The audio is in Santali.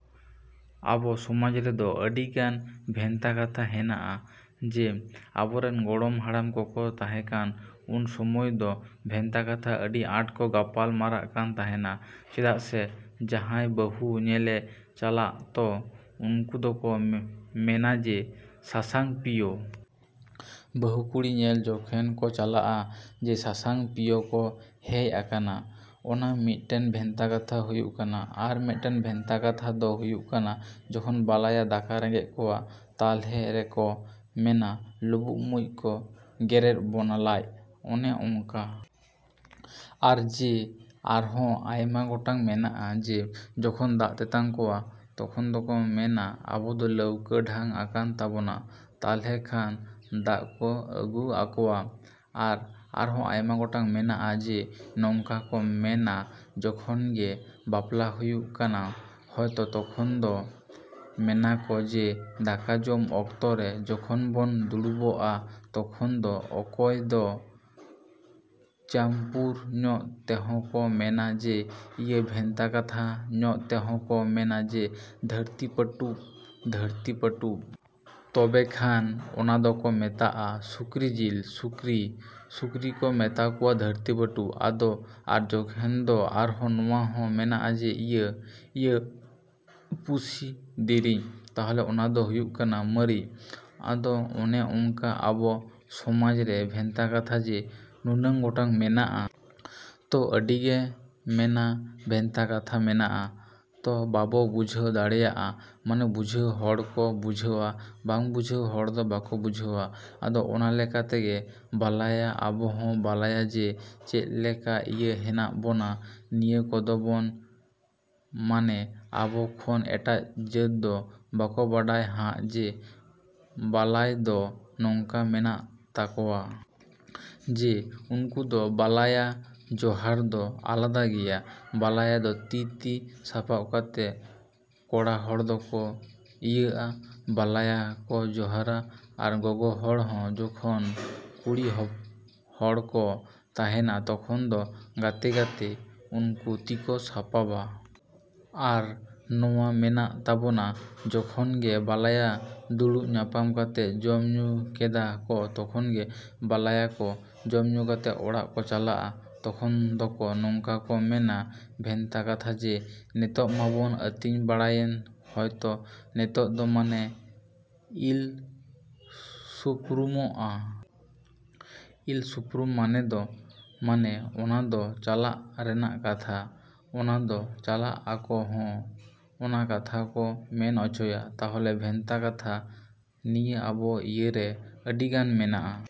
ᱟᱵᱚ ᱥᱚᱢᱟᱡᱽ ᱨᱮᱫᱚ ᱟᱹᱰᱤᱜᱟᱱ ᱵᱷᱮᱱᱛᱟ ᱠᱟᱛᱷᱟ ᱦᱮᱱᱟᱜᱼᱟ᱾ ᱡᱮ, ᱟᱵᱚᱨᱮᱱ ᱜᱚᱲᱚᱢ ᱦᱟᱲᱟᱢ ᱠᱚᱠᱚ ᱛᱟᱦᱮᱸᱠᱟᱱ ᱩᱱ ᱥᱚᱢᱚᱭ ᱫᱚ ᱵᱷᱮᱱᱛᱟ ᱠᱟᱛᱷᱟ ᱟᱹᱰᱤ ᱟᱸᱴ ᱠᱚ ᱜᱟᱯᱟᱞ ᱢᱟᱨᱟᱜ ᱠᱟᱱ ᱛᱟᱦᱮᱸᱱᱟ᱾ ᱪᱮᱫᱟᱜ ᱥᱮ ᱡᱟᱦᱟᱸᱭ ᱵᱟᱹᱦᱩ ᱧᱮᱞᱮ ᱪᱟᱞᱟᱜ ᱛᱚ, ᱩᱱᱠᱩ ᱫᱚᱠᱚ ᱢᱮᱱᱟ ᱡᱮ, ᱥᱟᱥᱟᱝ ᱯᱤᱭᱳ᱾ ᱵᱟᱹᱦᱩ ᱠᱩᱲᱤ ᱧᱮᱞ ᱡᱚᱠᱷᱚᱱ ᱠᱚ ᱪᱟᱞᱟᱜ-ᱟ ᱡᱮ ᱥᱟᱥᱟᱝ ᱯᱤᱭᱳ ᱠᱚ ᱦᱮᱡ ᱟᱠᱟᱱᱟ᱾ ᱚᱱᱟ ᱢᱤᱫᱴᱮᱱ ᱵᱷᱮᱱᱛᱟ ᱠᱟᱛᱷᱟ ᱦᱩᱭᱩᱜ ᱠᱟᱱᱟ᱾ ᱟᱨ ᱢᱤᱫᱴᱮᱱ ᱵᱷᱮᱱᱛᱟ ᱠᱟᱛᱷᱟ ᱫᱚ ᱦᱩᱭᱩᱜ ᱠᱟᱱᱟ ᱡᱚᱠᱷᱚᱱ ᱵᱟᱞᱟᱭᱟ ᱫᱟᱠᱟ ᱨᱮᱸᱜᱮᱡ ᱠᱚᱣᱟ ᱛᱟᱞᱦᱮ ᱨᱮᱠᱚ ᱢᱮᱱᱟ ᱞᱩᱵᱩᱜ ᱢᱩᱡᱽ ᱠᱚ ᱜᱮᱨᱮᱫ ᱵᱚᱱᱟ ᱞᱟᱡ, ᱚᱱᱮ ᱚᱝᱠᱟ᱾ ᱟᱨ ᱡᱮ, ᱟᱨᱦᱚᱸ ᱟᱭᱢᱟ ᱜᱚᱴᱟᱝ ᱢᱮᱱᱟᱜ-ᱟ ᱡᱮ, ᱡᱚᱠᱷᱚᱱ ᱫᱟᱜ ᱛᱮᱛᱟᱝ ᱠᱚᱣᱟ, ᱛᱚᱠᱷᱚᱱ ᱫᱚᱠᱚ ᱢᱮᱱᱟ ᱟᱵᱚ ᱫᱚ ᱞᱟᱹᱣᱠᱟᱹ ᱰᱷᱟᱝ ᱟᱠᱟᱱ ᱛᱟᱵᱚᱱᱟ᱾ ᱛᱟᱞᱦᱮ ᱠᱷᱟᱱ ᱫᱟᱜ ᱠᱚ ᱟᱹᱜᱩᱣᱟᱠᱚᱣᱟ᱾ ᱟᱨ, ᱟᱨᱦᱚᱸ ᱟᱭᱢᱟ ᱜᱚᱴᱟᱝ ᱢᱮᱱᱟᱜ-ᱟ ᱡᱮ, ᱱᱚᱝᱠᱟ ᱠᱚ ᱢᱮᱱᱟ ᱡᱚᱠᱷᱚᱱ ᱜᱮ ᱵᱟᱯᱞᱟ ᱦᱩᱭᱩᱜ ᱠᱟᱱᱟ ᱦᱚᱭᱛᱚ ᱛᱚᱠᱷᱚᱱ ᱫᱚ ᱢᱮᱱᱟᱠᱚ ᱡᱮ, ᱫᱟᱠᱟ ᱡᱚᱢ ᱚᱠᱛᱚ ᱨᱮ ᱡᱚᱠᱷᱚᱱ ᱵᱚᱱ ᱫᱩᱲᱩᱵᱚᱜ-ᱟ ᱛᱚᱠᱷᱚᱱ ᱫᱚ ᱚᱠᱚᱭ ᱫᱚ ᱪᱟᱹᱢᱯᱩᱨ ᱧᱚᱜ ᱛᱮᱦᱚᱸ ᱠᱚ ᱢᱮᱱᱟ ᱡᱮ, ᱤᱭᱟᱹ ᱵᱷᱮᱱᱛᱟ ᱠᱟᱛᱷᱟ ᱧᱚᱜ ᱛᱮᱦᱚᱸ ᱠᱚ ᱢᱮᱱᱟ ᱡᱮ, ᱫᱷᱟᱹᱨᱛᱤ ᱯᱟᱹᱴᱩᱵ, ᱫᱷᱟᱹᱨᱛᱤ ᱯᱟᱹᱴᱩᱵ᱾ ᱛᱚᱵᱮ ᱠᱷᱟᱱ ᱚᱱᱟ ᱫᱚᱠᱚ ᱢᱮᱛᱟᱜ-ᱟ ᱥᱩᱠᱨᱤ ᱡᱤᱞ, ᱥᱩᱠᱨᱤ, ᱥᱩᱠᱨᱤ ᱠᱚ ᱢᱮᱛᱟᱣᱟᱠᱚᱣᱟ ᱫᱷᱟᱹᱨᱛᱤ ᱯᱟᱹᱴᱩᱵ ᱟᱫᱚ ᱟᱨ ᱡᱚᱠᱷᱚᱱ ᱫᱚ ᱟᱨᱦᱚᱸ ᱱᱚᱣᱟ ᱦᱚᱸ ᱢᱮᱱᱟᱜ-ᱟ ᱡᱮ, ᱤᱭᱟᱹ ᱤᱭᱟᱹ ᱯᱩᱥᱤ ᱫᱤᱨᱤᱧ, ᱛᱟᱦᱚᱞᱮ ᱚᱱᱟ ᱫᱚ ᱦᱩᱭᱩᱜ ᱠᱟᱱᱟ ᱢᱟᱹᱨᱤᱪ᱾ ᱟᱫᱚ ᱚᱱᱮ ᱚᱝᱠᱟ ᱟᱵᱚ ᱥᱚᱢᱟᱡᱽ ᱨᱮ ᱵᱷᱮᱱᱛᱟ ᱠᱟᱛᱷᱟ ᱡᱮ, ᱱᱩᱱᱟᱹᱝ ᱜᱚᱴᱟᱝ ᱢᱮᱱᱟᱜ-ᱟ᱾ ᱛᱚ, ᱟᱹᱰᱤ ᱜᱮ ᱢᱟᱱᱮ ᱵᱷᱮᱱᱛᱟ ᱠᱟᱛᱷᱟ ᱢᱮᱱᱟᱜ-ᱟ, ᱛᱚ ᱵᱟᱵᱚ ᱵᱩᱡᱷᱟᱹᱣ ᱫᱟᱲᱮᱭᱟᱜ-ᱟ ᱢᱟᱱᱮ ᱵᱩᱡᱷᱟᱹᱣ ᱦᱚᱲ ᱠᱚ ᱵᱩᱡᱷᱟᱹᱣᱟ, ᱵᱟᱝ ᱵᱩᱡᱷᱟᱹᱣ ᱦᱚᱲ ᱫᱚ ᱵᱟᱠᱚ ᱵᱩᱡᱷᱟᱹᱣᱟ᱾ ᱟᱫᱚ ᱚᱱᱟ ᱞᱮᱠᱟ ᱛᱮᱜᱮ ᱵᱟᱞᱟᱭᱟ ᱟᱵᱚ ᱦᱚᱸ ᱵᱟᱞᱟᱭᱟ ᱡᱮ, ᱪᱮᱫᱞᱮᱠᱟ ᱤᱭᱟᱹ ᱦᱮᱱᱟᱜ ᱵᱚᱱᱟ ᱱᱤᱭᱟᱹ ᱠᱚᱫᱚ ᱢᱟᱱᱮ ᱟᱵᱚ ᱠᱷᱚᱱ ᱮᱴᱟᱜ ᱡᱟᱹᱛ ᱫᱚ ᱵᱟᱠᱚ ᱵᱟᱰᱟᱭᱟ ᱦᱟᱸᱜ ᱡᱮ, ᱵᱟᱞᱟᱭ ᱫᱚ ᱱᱚᱝᱠᱟ ᱢᱮᱱᱟᱜ ᱛᱟᱠᱚᱣᱟ᱾ ᱡᱮ, ᱩᱱᱠᱩ ᱫᱚ ᱵᱟᱞᱟᱭᱟ ᱡᱚᱦᱟᱨ ᱫᱚ ᱟᱞᱟᱫᱟ ᱜᱮᱭᱟ᱾ ᱵᱟᱞᱟᱭᱟ ᱫᱚ ᱛᱤ ᱛᱤ ᱥᱟᱯᱟᱵ ᱠᱟᱛᱮᱫ ᱠᱚᱲᱟ ᱦᱚᱲ ᱫᱚᱠᱚ ᱤᱭᱟᱹᱜ-ᱟ, ᱵᱟᱞᱟᱭᱟ ᱠᱚ ᱡᱚᱦᱟᱨᱟ᱾ ᱟᱨ ᱜᱚᱜᱚ ᱦᱚᱲ ᱦᱚᱸ ᱡᱚᱠᱷᱚᱱ ᱠᱩᱲᱤ ᱦᱚᱲ ᱠᱚ ᱛᱮᱦᱮᱱᱟ, ᱛᱚᱠᱷᱚᱱ ᱫᱚ ᱜᱟᱛᱮ ᱜᱟᱛᱮ ᱩᱱᱠᱩ ᱛᱤᱠᱚ ᱥᱟᱯᱟᱵᱟ᱾ ᱟᱨ ᱱᱚᱣᱟ ᱢᱮᱱᱟᱜ ᱛᱟᱵᱚᱱᱟ ᱡᱚᱠᱷᱚᱱ ᱜᱮ ᱵᱟᱞᱟᱭᱟ ᱫᱩᱲᱩᱵ ᱧᱟᱯᱟᱢ ᱠᱟᱛᱮᱫ ᱡᱚᱢ ᱧᱩ ᱠᱮᱫᱟ ᱠᱚ ᱛᱚᱠᱷᱚᱱ ᱜᱮ ᱵᱟᱞᱟᱭᱟ ᱠᱚ, ᱡᱚᱢ ᱧᱩ ᱠᱟᱛᱮᱫ ᱚᱲᱟᱜ ᱠᱚ ᱪᱟᱞᱟᱜ-ᱟ ᱛᱚᱠᱷᱚᱱ ᱫᱚᱠᱚ ᱱᱚᱝᱠᱟ ᱠᱚ ᱢᱮᱱᱟ ᱵᱷᱮᱱᱛᱟ ᱠᱟᱛᱷᱟ ᱡᱮ, ᱱᱤᱛᱚᱜ ᱢᱟᱵᱚᱱ ᱟᱹᱛᱤᱧ ᱵᱟᱲᱟᱭᱮᱱ ᱦᱚᱭᱛᱚ, ᱱᱤᱛᱚᱜ ᱫᱚ ᱢᱟᱱᱮ ᱤᱞ ᱥᱩᱯᱨᱩᱢᱚᱜ-ᱟ᱾ ᱤᱞ ᱥᱩᱯᱨᱩᱢ ᱢᱟᱱᱮ ᱫᱚ, ᱢᱟᱱᱮ ᱚᱱᱟ ᱫᱚ ᱪᱟᱞᱟᱜ ᱨᱮᱱᱟᱜ ᱠᱟᱛᱷᱟ᱾ ᱚᱱᱟ ᱫᱚ ᱪᱟᱞᱟᱜ ᱟᱠᱚ ᱦᱚᱸ ᱚᱱᱟ ᱠᱟᱛᱷᱟ ᱠᱚ ᱢᱮᱱ ᱚᱪᱚᱭᱟ᱾ ᱛᱟᱦᱚᱞᱮ ᱵᱷᱮᱱᱛᱟ ᱠᱟᱛᱷᱟ ᱱᱤᱭᱟᱹ ᱟᱵᱚ ᱤᱭᱟᱹ ᱨᱮ ᱟᱹᱰᱤᱜᱟᱱ ᱢᱮᱱᱟᱜ-ᱟ।